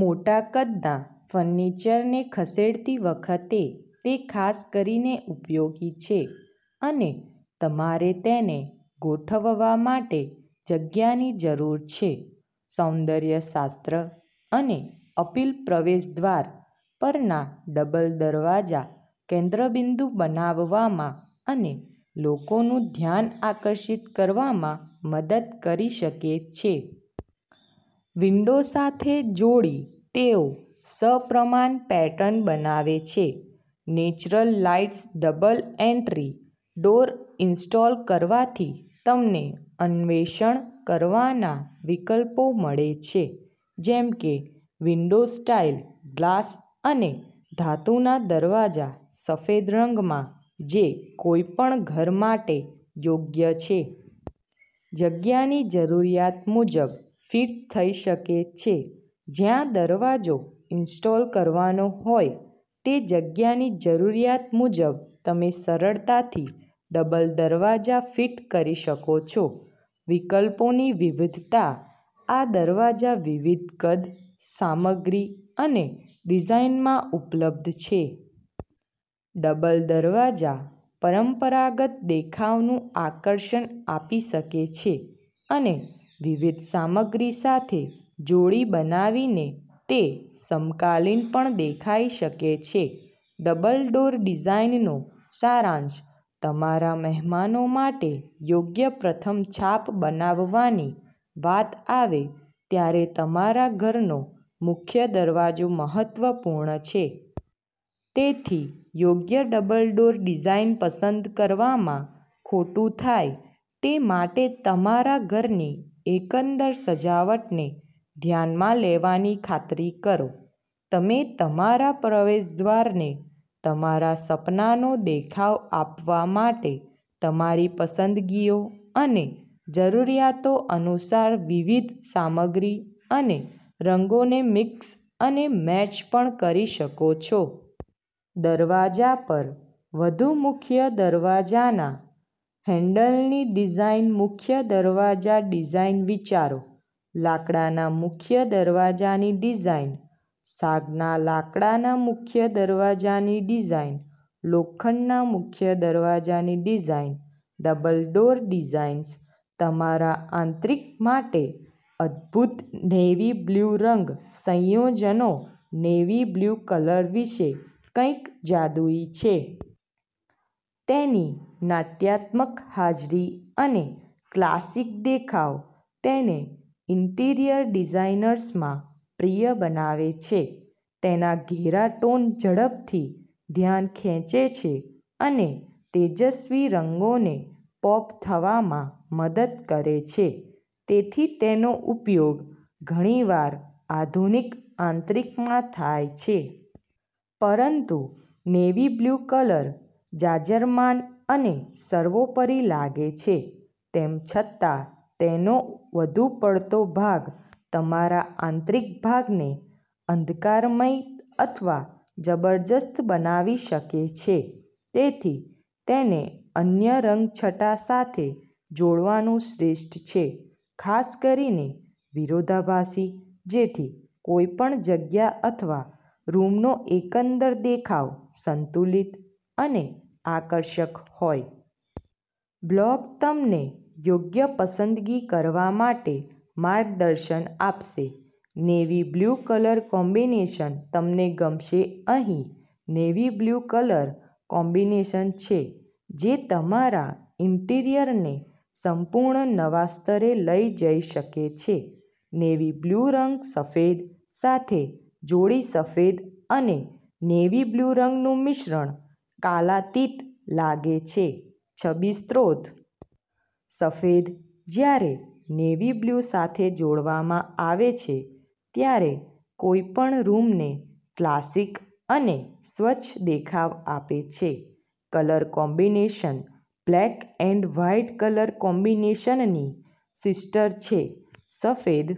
મોટા કદના ફર્નિચરને ખસેડતી વખતે તે ખાસ કરીને ઉપયોગી છે, અને તમારે તેને ગોઠવવા માટે જગ્યાની જરૂર છે. સૌંદર્ય શાસ્ત્ર અને અપીલ: પ્રવેશદ્વાર પરના ડબલ દરવાજા કેન્દ્રબિંદુ બનાવવામાં અને લોકોનું ધ્યાન આકર્ષિત કરવામાં મદદ કરી શકે છે. વિન્ડો સાથે જોડી, તેઓ સપ્રમાણ પેટર્ન બનાવે છે. Natural lights double entry door install કરવાથી તમને અન્વેષણ કરવાના વિકલ્પો મળે છે, જેમ કે વિન્ડો-સ્ટાઇલ ગ્લાસ અને ધાતુના દરવાજા સફેદ રંગમાં જે કોઈપણ ઘર માટે યોગ્ય છે. જગ્યાની જરૂરિયાત મુજબ ફિટ થઈ શકે છે જ્યાં દરવાજો ઇન્સ્ટોલ કરવાનો હોય તે જગ્યાની જરૂરિયાત મુજબ તમે સરળતાથી ડબલ દરવાજા ફિટ કરી શકો છો. વિકલ્પોની વિવિધતાઆ દરવાજા વિવિધ કદ, સામગ્રી અને ડિઝાઇનમાં ઉપલબ્ધ છે. ડબલ દરવાજા પરંપરાગત દેખાવનું આકર્ષણ આપી શકે છે, અને વિવિધ સામગ્રી સાથે જોડી બનાવીને, તે સમકાલીન પણ દેખાઈ શકે છે. ડબલ ડોર ડિઝાઇનનો સારાંશ તમારા મહેમાનો માટે યોગ્ય પ્રથમ છાપ બનાવવાની વાત આવે ત્યારે તમારા ઘરનો મુખ્ય દરવાજો મહત્વપૂર્ણ છે. તેથી, યોગ્ય ડબલ ડોર ડિઝાઇન પસંદ કરવામાં ખોટુંથાય તે માટે તમારા ઘરની એકંદર સજાવટને ધ્યાનમાં લેવાની ખાતરી કરો. તમે તમારા પ્રવેશદ્વારને તમારા સપનાનો દેખાવ આપવા માટે તમારી પસંદગીઓ અને જરૂરિયાતો અનુસાર વિવિધ સામગ્રી અને રંગોને મિક્સ અને મેચ પણ કરી શકો છો. દરવાજા પર વધુ મુખ્ય દરવાજાના હેન્ડલની ડિઝાઇન મુખ્ય દરવાજા ડિઝાઇન વિચારો લાકડાના મુખ્ય દરવાજાની ડિઝાઇન સાગના લાકડાના મુખ્ય દરવાજાની ડિઝાઇન લોખંડના મુખ્ય દરવાજાની ડિઝાઇન ડબલ ડોર ડિઝાઇન્સ તમારા આંતરિક માટે અદભૂત નેવી બ્લુ રંગ સંયોજનો નેવી-બ્લુ કલર વિશે કંઈક જાદુઈ છે. તેની નાટ્યાત્મક હાજરી અને ક્લાસિક દેખાવ તેને ઇન્ટિરિયર ડિઝાઇનર્સમાં પ્રિય બનાવે છે. તેના ઘેરા ટોન ઝડપથી ધ્યાન ખેંચે છે અને તેજસ્વી રંગોને પોપ થવામાં મદદ કરે છે. તેથીતેનો ઉપયોગ ઘણીવાર આધુનિક આંતરિકમાં થાય છે. પરંતુ નેવી-બ્લુ કલર જાજરમાન અને સર્વોપરી લાગે છે, તેમ છતાં તેનો વધુ પડતો ભાગ તમારા આંતરિક ભાગને અંધકારમય અથવા જબરજસ્ત બનાવી શકે છે. તેથી, તેને અન્ય રંગછટા સાથે જોડવાનું શ્રેષ્ઠ છે, ખાસ કરીને વિરોધાભાસી, જેથી કોઈપણ જગ્યા અથવા રૂમનો એકંદર દેખાવ સંતુલિત અને આકર્ષક હોય. બ્લોગ તમને યોગ્ય પસંદગી કરવા માટે માર્ગદર્શન આપશે. નેવી-બ્લુ કલર કોમ્બિનેશન તમને ગમશે અહીં નેવી-બ્લુ કલર કોમ્બિનેશન છે જે તમારા ઈન્ટિરિયરને સંપૂર્ણ નવા સ્તરે લઈ જઈ શકે છે. નેવી-બ્લુ રંગ સફેદ સાથે જોડીસફેદ અને નેવી-બ્લુ રંગનું મિશ્રણ કાલાતીત લાગે છે છબી સ્ત્રોત. સફેદ, જ્યારે નેવી-બ્લુ સાથે જોડવામાં આવે છે, ત્યારે કોઈપણ રૂમને ક્લાસિક અને સ્વચ્છ દેખાવ આપે છે. Colour combination black and white colour કોમ્બિનેશનની સિસ્ટર છે. સફેદ